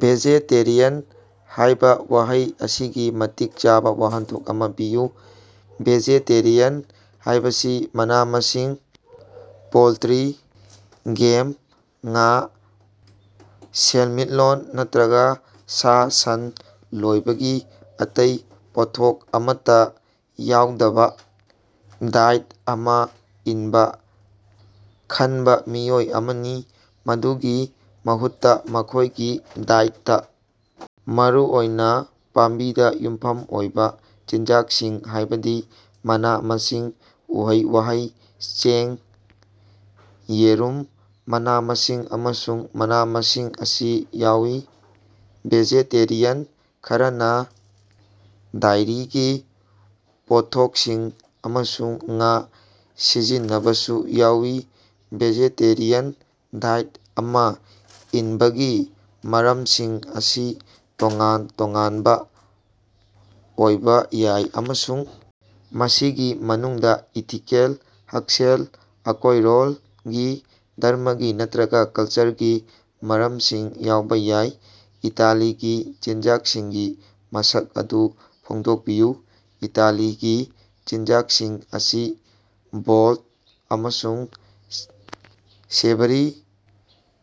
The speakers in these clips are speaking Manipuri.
ꯚꯦꯖꯦꯇꯦꯔꯤꯌꯥꯟ ꯍꯥꯏꯕ ꯋꯥꯍꯩ ꯑꯁꯤꯒꯤ ꯃꯇꯤꯛ ꯆꯥꯕ ꯋꯥꯍꯟꯊꯣꯛ ꯑꯃ ꯄꯤꯌꯨ꯫ ꯚꯦꯖꯦꯇꯦꯔꯤꯌꯥꯟ ꯍꯥꯏꯕꯁꯤ ꯃꯅꯥ-ꯃꯁꯤꯡ, ꯄꯣꯜꯇ꯭ꯔꯤ, ꯒꯦꯝ, ꯉꯥ, ꯁꯦꯜꯃꯤꯠꯂꯣꯟ ꯅꯠꯇ꯭ꯔꯒ ꯁꯥ-ꯁꯟ ꯂꯣꯏꯕꯒꯤ ꯑꯇꯩ ꯄꯣꯠꯊꯣꯛ ꯑꯃꯠꯇ ꯌꯥꯎꯗꯕ ꯗꯥꯏꯠ ꯑꯃ ꯏꯟꯕ ꯈꯟꯕ ꯃꯤꯑꯣꯏ ꯑꯃꯅꯤ꯫ ꯃꯗꯨꯒꯤ ꯃꯍꯨꯠꯇ, ꯃꯈꯣꯏꯒꯤ ꯗꯥꯏꯇꯗ ꯃꯔꯨꯑꯣꯏꯅ ꯄꯥꯝꯕꯤꯗ ꯌꯨꯝꯐꯝ ꯑꯣꯏꯕ ꯆꯤꯟꯖꯥꯛꯁꯤꯡ ꯍꯥꯏꯗꯤ ꯃꯅꯥ-ꯃꯁꯤꯡ, ꯎꯍꯩ-ꯋꯥꯍꯩ, ꯆꯦꯡ, ꯌꯦꯔꯨꯝ, ꯃꯅꯥ-ꯃꯁꯤꯡ, ꯑꯃꯁꯨꯡ ꯃꯅꯥ-ꯃꯁꯤꯡ ꯑꯁꯤ ꯌꯥꯎꯏ꯫ ꯚꯦꯖꯦꯇꯦꯔꯤꯌꯥꯟ ꯈꯔꯅ ꯗꯥꯏꯔꯤꯒꯤ ꯄꯣꯠꯊꯣꯛꯁꯤꯡ ꯑꯃꯁꯨꯡ ꯉꯥ ꯁꯤꯖꯤꯟꯅꯕꯁꯨ ꯌꯥꯎꯏ꯫ ꯚꯦꯖꯦꯇꯦꯔꯤꯌꯥꯟ ꯗꯥꯏꯠ ꯑꯃ ꯏꯟꯕꯒꯤ ꯃꯔꯝꯁꯤꯡ ꯑꯁꯤ ꯇꯣꯉꯥꯟ-ꯇꯣꯉꯥꯟꯕ ꯑꯣꯏꯕ ꯌꯥꯏ꯫ ꯑꯃꯁꯨꯡ ꯃꯁꯤꯒꯤ ꯃꯅꯨꯡꯗ ꯏꯊꯤꯀꯦꯜ, ꯍꯛꯁꯦꯜ, ꯑꯀꯣꯏꯔꯣꯜꯒꯤ, ꯙꯔꯃꯒꯤ ꯅꯠꯇ꯭ꯔꯒ ꯀꯜꯆꯔꯒꯤ ꯃꯔꯝꯁꯤꯡ ꯌꯥꯎꯕ ꯌꯥꯏ꯫ ꯏꯇꯥꯂꯤꯒꯤ ꯆꯤꯟꯖꯥꯛꯁꯤꯡꯒꯤ ꯃꯁꯛ ꯑꯗꯨ ꯐꯣꯡꯗꯣꯛꯄꯤꯌꯨ꯫ ꯏꯇꯥꯂꯤꯒꯤ ꯆꯤꯟꯖꯥꯛꯁꯤꯡ ꯑꯁꯤ ꯕꯣꯜꯗ ꯑꯃꯁꯨꯡ ꯁꯦꯚꯔꯤ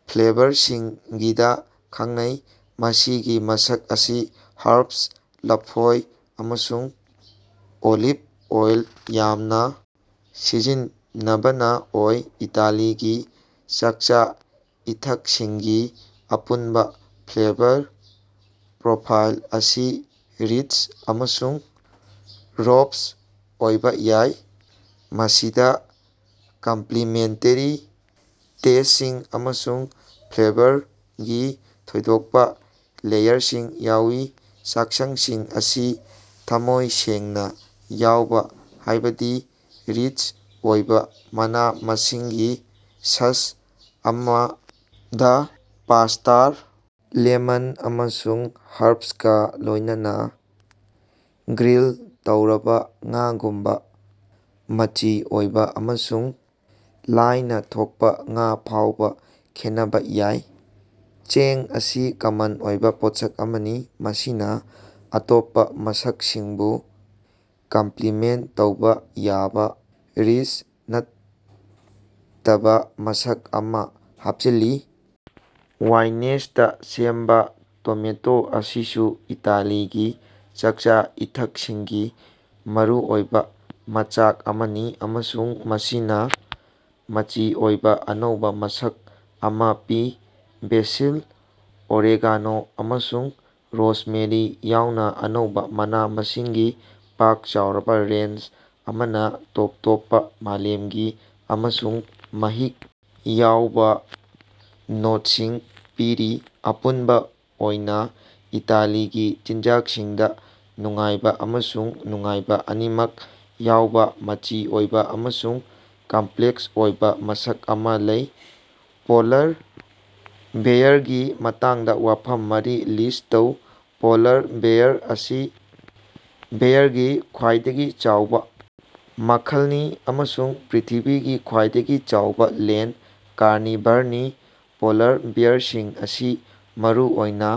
ꯐ꯭ꯂꯦꯕꯔꯁꯤꯡꯒꯤꯗ ꯈꯪꯅꯩ, ꯃꯁꯤꯒꯤ ꯃꯁꯛ ꯑꯁꯤ ꯍꯔꯕꯁ, ꯂꯐꯣꯏ ꯑꯃꯁꯨꯡ ꯑꯣꯂꯤꯚ ꯑꯣꯏꯜ ꯌꯥꯝꯅ ꯁꯤꯖꯤꯟꯅꯕꯅ ꯑꯣꯏ꯫ ꯏꯇꯥꯂꯤꯒꯤ ꯆꯥꯛꯆꯥ-ꯏꯊꯛꯁꯤꯡꯒꯤ ꯑꯄꯨꯟꯕ ꯐ꯭ꯂꯦꯕꯔ ꯄ꯭ꯔꯣꯐꯥꯏꯜ ꯑꯁꯤ ꯔꯤꯆ ꯑꯃꯁꯨꯡ ꯔꯣꯕꯁ ꯑꯣꯏꯕꯥ ꯌꯥꯏ꯫ ꯃꯁꯤꯗ ꯀꯝꯄꯂꯤꯃꯦꯟꯇꯦꯔꯤ ꯇꯦꯁꯁꯤꯡ ꯑꯃꯁꯨꯡ ꯐ꯭ꯂꯦꯕꯔꯒꯤ ꯊꯣꯏꯗꯣꯛꯄ ꯂꯦꯌꯔꯁꯤꯡ ꯌꯥꯎꯏ꯫ ꯆꯥꯛꯁꯪꯁꯤꯡ ꯑꯁꯤ ꯊꯃꯣꯏ ꯁꯦꯡꯅ ꯌꯥꯎꯕ, ꯍꯥꯏꯕꯗꯤ ꯔꯤꯆ ꯑꯣꯏꯕ ꯃꯅꯥ-ꯃꯁꯤꯡꯒꯤ ꯁꯁ ꯑꯃꯗ ꯄꯥꯁꯇꯥꯔ ꯂꯦꯃꯟ ꯑꯃꯁꯨꯡ ꯍꯔꯕꯁꯀꯥ ꯂꯣꯏꯅꯅ ꯒ꯭ꯔꯤꯜ ꯇꯧꯔꯕ ꯉꯥꯒꯨꯝꯕ ꯃꯆꯤ ꯑꯣꯏꯕ ꯑꯃꯁꯨꯡ ꯂꯥꯏꯅ ꯊꯣꯛꯄ ꯉꯥ ꯐꯥꯎꯕ ꯈꯦꯠꯅꯕ ꯌꯥꯏ꯫ ꯆꯦꯡ ꯑꯁꯤ ꯀꯃꯟ ꯑꯣꯏꯕ ꯄꯣꯠꯁꯛ ꯑꯃꯅꯤ꯫ ꯃꯁꯤꯅ ꯑꯇꯣꯞꯄ ꯃꯁꯛꯁꯤꯡꯕꯨ ꯀꯝꯞꯂꯤꯃꯦꯟꯇ ꯇꯧꯕ ꯌꯥꯕ ꯔꯤꯆ, ꯅꯠꯇꯕ ꯃꯁꯛ ꯑꯃ ꯍꯥꯄꯆꯤꯜꯂꯤ꯫ ꯋꯥꯏꯅꯦꯁꯇ ꯁꯦꯝꯕ ꯇꯣꯃꯦꯇꯣ ꯑꯁꯤꯁꯨ ꯏꯇꯥꯂꯤꯒꯤ ꯆꯥꯛꯆꯥ-ꯏꯊꯛꯁꯤꯡꯒꯤ ꯃꯔꯨꯑꯣꯏꯕ ꯃꯆꯥꯛ ꯑꯃꯅꯤ꯫ ꯑꯃꯁꯨꯡ ꯃꯁꯤꯅ ꯃꯆꯤ ꯑꯣꯏꯕ ꯑꯅꯧꯕ ꯃꯁꯛ ꯑꯃ ꯄꯤ꯫ ꯕꯦꯁꯤꯜ, ꯑꯣꯔꯦꯒꯥꯅꯣ, ꯑꯃꯁꯨꯡ ꯔꯣꯁꯃꯦꯔꯤ ꯌꯥꯎꯅ ꯑꯅꯧꯕ ꯃꯅꯥ-ꯃꯁꯤꯡꯒꯤ ꯄꯥꯛ ꯆꯥꯎꯔꯕ ꯔꯦꯟꯖ ꯑꯃꯅ ꯇꯣꯞ ꯇꯣꯞꯄ ꯃꯥꯂꯦꯝꯒꯤ ꯑꯃꯁꯨꯡ ꯃꯍꯤꯛ ꯌꯥꯎꯕ ꯅꯣꯠꯁꯤꯡ ꯄꯤꯔꯤ꯫ ꯑꯄꯨꯟꯕ ꯑꯣꯏꯅ ꯏꯇꯥꯂꯤꯒꯤ ꯆꯤꯟꯖꯥꯛꯁꯤꯡꯗ ꯅꯨꯡꯉꯥꯏꯕ ꯑꯃꯁꯨꯡ ꯅꯨꯡꯉꯥꯏꯕ ꯑꯅꯤꯃꯛ ꯌꯥꯎꯕ ꯃꯆꯤ ꯑꯣꯏꯕ ꯑꯃꯁꯨꯡ ꯀꯝꯞꯂꯦꯛꯁ ꯑꯣꯏꯕ ꯃꯁꯛ ꯑꯃ ꯂꯩ꯫ ꯄꯣꯂꯔ ꯕꯦꯌꯥꯔꯒꯤ ꯃꯇꯥꯡꯗ ꯋꯥꯐꯝ ꯃꯔꯤ ꯂꯤꯁ ꯇꯧ꯫ ꯄꯣꯂꯥꯔ ꯕꯦꯌꯥꯔ ꯑꯁꯤ ꯕꯦꯌꯥꯔꯒꯤ ꯈ꯭ꯋꯥꯏꯗꯒꯤ ꯆꯥꯎꯕ ꯃꯈꯜꯅꯤ ꯑꯃꯁꯨꯡ ꯄ꯭ꯔ꯭ꯤꯊꯤꯕꯤꯒꯤ ꯈ꯭ꯋꯥꯏꯗꯒꯤ ꯆꯥꯎꯕ ꯂꯦꯟꯗ ꯀꯥꯔꯅꯤꯚꯔꯅꯤ꯫ ꯄꯣꯂꯥꯔ ꯕꯦꯌꯥꯔꯁꯤꯡ ꯑꯁꯤ ꯃꯔꯨꯑꯣꯏꯅ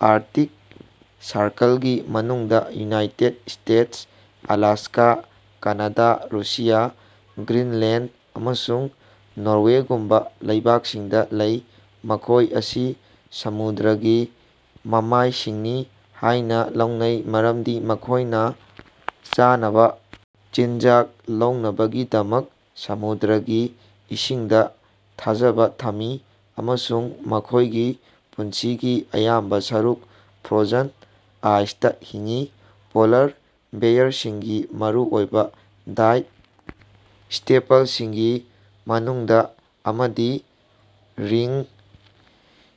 ꯑꯥꯔꯛꯇꯤꯛ ꯁꯔꯀꯜꯒꯤ ꯃꯅꯨꯡꯗ United States (Alaska), Canada, Russia, Greenland, ꯑꯃꯁꯨꯡ ꯅꯣꯔꯋꯦꯒꯨꯝꯕ ꯂꯩꯕꯥꯛꯁꯤꯡꯗ ꯂꯩ꯫ ꯃꯈꯣꯏ ꯑꯁꯤ ꯁꯃꯨꯗ꯭ꯔꯒꯤ ꯃꯃꯥꯏꯁꯤꯡꯅꯤ ꯍꯥꯏꯅ ꯂꯧꯅꯩ ꯃꯔꯝꯗꯤ ꯃꯈꯣꯏꯅ ꯆꯥꯅꯕ ꯆꯤꯟꯖꯥꯛ ꯂꯧꯅꯕꯒꯤꯗꯃꯛ ꯁꯃꯨꯗ꯭ꯔꯒꯤ ꯏꯁꯤꯡꯗ ꯊꯥꯖꯕ ꯊꯝꯃꯤ ꯫ ꯑꯃꯁꯨꯡ ꯃꯈꯣꯏꯒꯤ ꯄꯨꯟꯁꯤꯒꯤ ꯑꯌꯥꯝꯕ ꯁꯔꯨꯛ ꯐ꯭ꯔꯣꯖꯟ ꯑꯥꯏꯁꯇꯥ ꯍꯤꯡꯏ꯫ ꯄꯣꯂꯥꯔ ꯕꯦꯌꯥꯔꯁꯤꯡꯒꯤ ꯃꯔꯨꯑꯣꯏꯕ ꯗꯥꯏꯠ ꯁ꯭ꯇꯦꯄꯜꯁꯤꯡꯒꯤ ꯃꯅꯨꯡꯗ ꯑꯃꯗꯤ ꯔꯤꯡ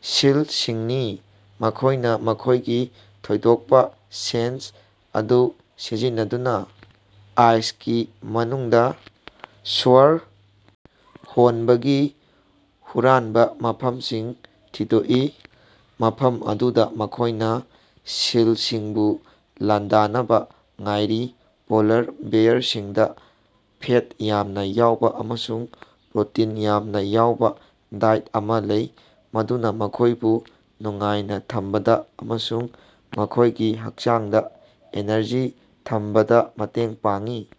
ꯁꯤꯜꯁꯤꯡꯅꯤ꯫ ꯃꯈꯣꯏꯅ ꯃꯈꯣꯏꯒꯤ ꯊꯣꯏꯗꯣꯛꯄ ꯁꯦꯟꯁ ꯑꯗꯨ ꯁꯤꯖꯤꯟꯅꯗꯨꯅ ꯑꯥꯏꯁꯀꯤ ꯃꯅꯨꯡꯗ ꯁ꯭ꯋꯔ ꯍꯣꯟꯕꯒꯤ ꯍꯨꯔꯥꯟꯕ ꯃꯐꯝꯁꯤꯡ ꯊꯤꯗꯣꯛꯏ꯫ ꯃꯐꯝ ꯑꯗꯨꯗ ꯃꯈꯣꯏꯅ ꯁꯤꯜꯁꯤꯡꯕꯨ ꯂꯥꯟꯗꯥꯅꯕ ꯉꯥꯏꯔꯤ꯫ ꯄꯣꯂꯥꯔ ꯕꯦꯌꯥꯔꯁꯤꯡꯗ ꯐꯦꯠ ꯌꯥꯝꯅ ꯌꯥꯎꯕ ꯑꯃꯁꯨꯡ ꯄ꯭ꯔꯣꯇꯤꯟ ꯌꯥꯝꯅ ꯌꯥꯎꯕ ꯗꯥꯏꯠ ꯑꯃ ꯂꯩ꯫ ꯃꯗꯨꯅ ꯃꯈꯣꯏꯕꯨ ꯅꯨꯡꯉꯥꯏꯅ ꯊꯝꯕꯗ ꯑꯃꯁꯨꯡ ꯃꯈꯣꯏꯒꯤ ꯍꯛꯆꯥꯡꯗ ꯑꯦꯅꯔꯖꯤ ꯊꯝꯕꯗ ꯃꯇꯦꯡ ꯄꯥꯡꯏ꯫